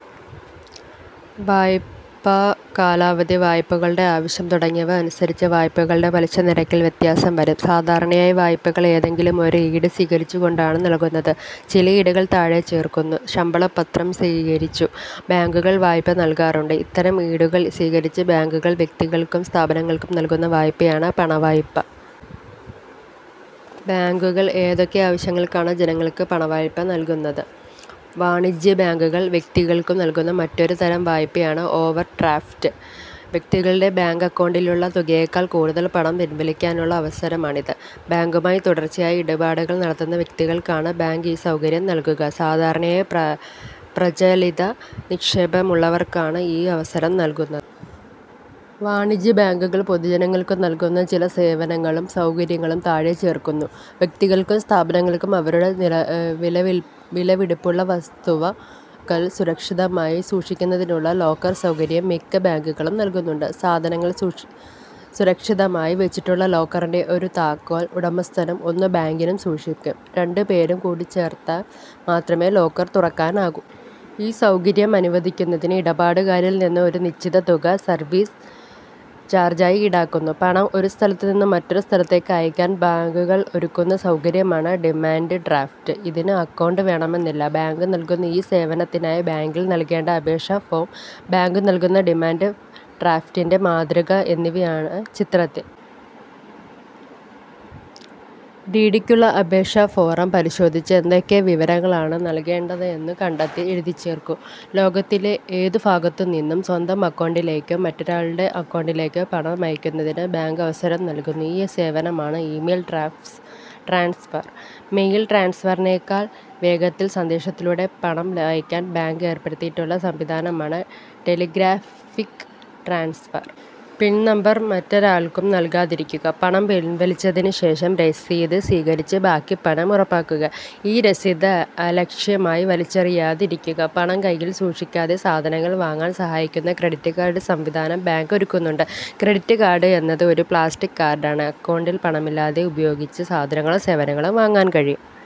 വായ്പാകാലാവധി, വായ്പയുടെ ആവശ്യം തുടങ്ങിയവ അനുസരിച്ച് വായ്പയുടെ പലിശനിരക്കിൽ വ്യത്യാസം വരും. സാധാരണയായി വായ്പകൾ ഏതെങ്കിലും ഒരു ഈട് സ്വീകരിച്ചു കൊണ്ടാണ് നൽകുന്നത്. ചില ഈടുകൾ താഴെ ചേർക്കുന്നു. ശമ്പളപത്രം സ്വീകരിച്ചും ബാങ്കുകൾ വായ്പ നൽകാറുണ്ട്. ഇത്തരം ഈടുകൾ സ്വീകരിച്ച് ബാങ്കുകൾ വ്യക്തികൾക്കും സ്ഥാപ നങ്ങൾക്കും നൽകുന്ന വായ്പയാണ് പണവായ്പ. ബാങ്കുകൾ ഏതൊക്കെ ആവശ്യങ്ങൾക്കാണ് ജനങ്ങൾക്ക് പണവായ്പ നൽകുന്നത്? വാണിജ്യബാങ്കുകൾ വ്യക്തികൾക്കു നൽകുന്ന മറ്റൊരു തരം വായ്പയാണ് ഓവർഡ്രാഫ്റ്റ്. വ്യക്തികളുടെ ബാങ്ക് അക്കൗണ്ടിലുള്ള തുകയേക്കാൾ കൂടുതൽ പണം പിൻവലിക്കാനുള്ള അവസരമാണിത്. ബാങ്കുമായി തുടർച്ചയായി ഇടപാടുകൾ നടത്തുന്ന വ്യക്തികൾക്കാണ് ബാങ്ക് ഈ സൗകര്യം നൽകുക. സാധാരണയായി പ്രചലിത നിക്ഷേപമുള്ളവർക്കാണ് ഈ അവസരം നൽകുന്നത്. വാണിജ്യബാങ്കുകൾ പൊതുജനങ്ങൾക്കു നൽകുന്ന ചില സേവനങ്ങളും സൗകര്യങ്ങളും താഴെ ചേർക്കുന്നു. വ്യക്തികൾക്കും സ്ഥാപനങ്ങൾക്കും അവരുടെ വിലപിടിപ്പുള്ള വസ്തുവ കകൾ സുരക്ഷിതമായി സൂക്ഷിക്കുന്നതിനുള്ള ലോക്കർ സൗകര്യം മിക്ക ബാങ്കുകളും നൽകുന്നുണ്ട്. സാധനങ്ങൾ സുരക്ഷിതമായി വച്ചിട്ടുള്ള ലോക്കറിന്റെ ഒരു താക്കോൽ ഉടമസ്ഥനും ഒന്ന് ബാങ്കിലും സൂക്ഷിക്കും. രണ്ടുപേരും കൂടിച്ചേർന്നാൽ മാത്രമേ ലോക്കർ തുറക്കാനാവൂ. ഈ സൗകര്യം അനുവദിക്കുന്നതിന് ഇടപാടുകാരിൽനിന്ന് ഒരു നിശ്ചിത തുക സർവീസ് ചാർജായി ഈടാക്കുന്നു. പണം ഒരു സ്ഥലത്തുനിന്ന് മറ്റൊരു സ്ഥലത്തേക്ക് അയക്കാൻ ബാങ്കുകൾ ഒരുക്കുന്ന സൗകര്യമാണ് ഡിമാന്റ് ഡ്രാഫ്റ്റ്. ഇതിന് അക്കൗണ്ട് വേണമെന്നില്ല. ബാങ്ക് നൽകുന്ന ഈ സേവനത്തിനായി ബാങ്കിൽ നൽകേണ്ട അപേക്ഷാഫോം, ബാങ്ക് നൽകുന്ന ഡിമാന്റ് ഡ്രാഫ്റ്റിന്റെ മാതൃക എന്നിവയാണ് ചിത്രത്തിൽ. ഡി. ഡിക്കുള്ള അപേക്ഷാ ഫോം പരിശോധിച്ച് എന്തൊക്കെ വിവരങ്ങളാണ് നൽകേണ്ടത് എന്നു കണ്ടെത്തി എഴുതിച്ചേർക്കൂ. ലോകത്തിന്റെ ഏതു ഭാഗത്തു നിന്നും സ്വന്തം അക്കൗണ്ടിലേക്കോ മറ്റൊരാളുടെ അക്കൗണ്ടിലേക്കോ പണം അയക്കുന്നതിന് ബാങ്ക് അവസരം നൽകുന്നു. ഈ സേവനമാണ് മെയിൽ ട്രാൻസ്ഫർ. മെയിൽ ട്രാൻസ്ഫറിനേക്കാൾ വേഗത്തിൽ സന്ദേശത്തിലൂടെ പണം അയയ്ക്കാൻ ബാങ്ക് ഏർപ്പെടുത്തിയിട്ടുള്ള സംവിധാനമാണ് ടെലിഗ്രാഫിക് ട്രാൻസ്ഫർ. പിൻ നമ്പർ മറ്റൊരാൾക്കും നൽകാതിരിക്കുക. പണം പിൻവലിച്ചശേഷം രസീത് സ്വീകരിച്ച് ബാക്കി പണം ഉറപ്പാക്കുക. ഈ രസീത് അലക്ഷ്യമായി വലിച്ചെറിയാതിരിക്കുക. പണം കൈയിൽ സൂക്ഷിക്കാതെ സാധനങ്ങൾ വാങ്ങാൻ സഹായിക്കുന്ന ക്രെഡിറ്റ് കാർഡ് സംവിധാനം ബാങ്ക് ഒരുക്കുന്നുണ്ട്. ക്രെഡിറ്റ് കാർഡ് എന്നത് ഒരു പ്ലാസ്റ്റിക് കാർഡാണ്. അക്കൗണ്ടിൽ പണമില്ലാതെ ഇതുപയോഗിച്ച് സാധനങ്ങളും സേവനങ്ങളും വാങ്ങാൻ കഴിയും.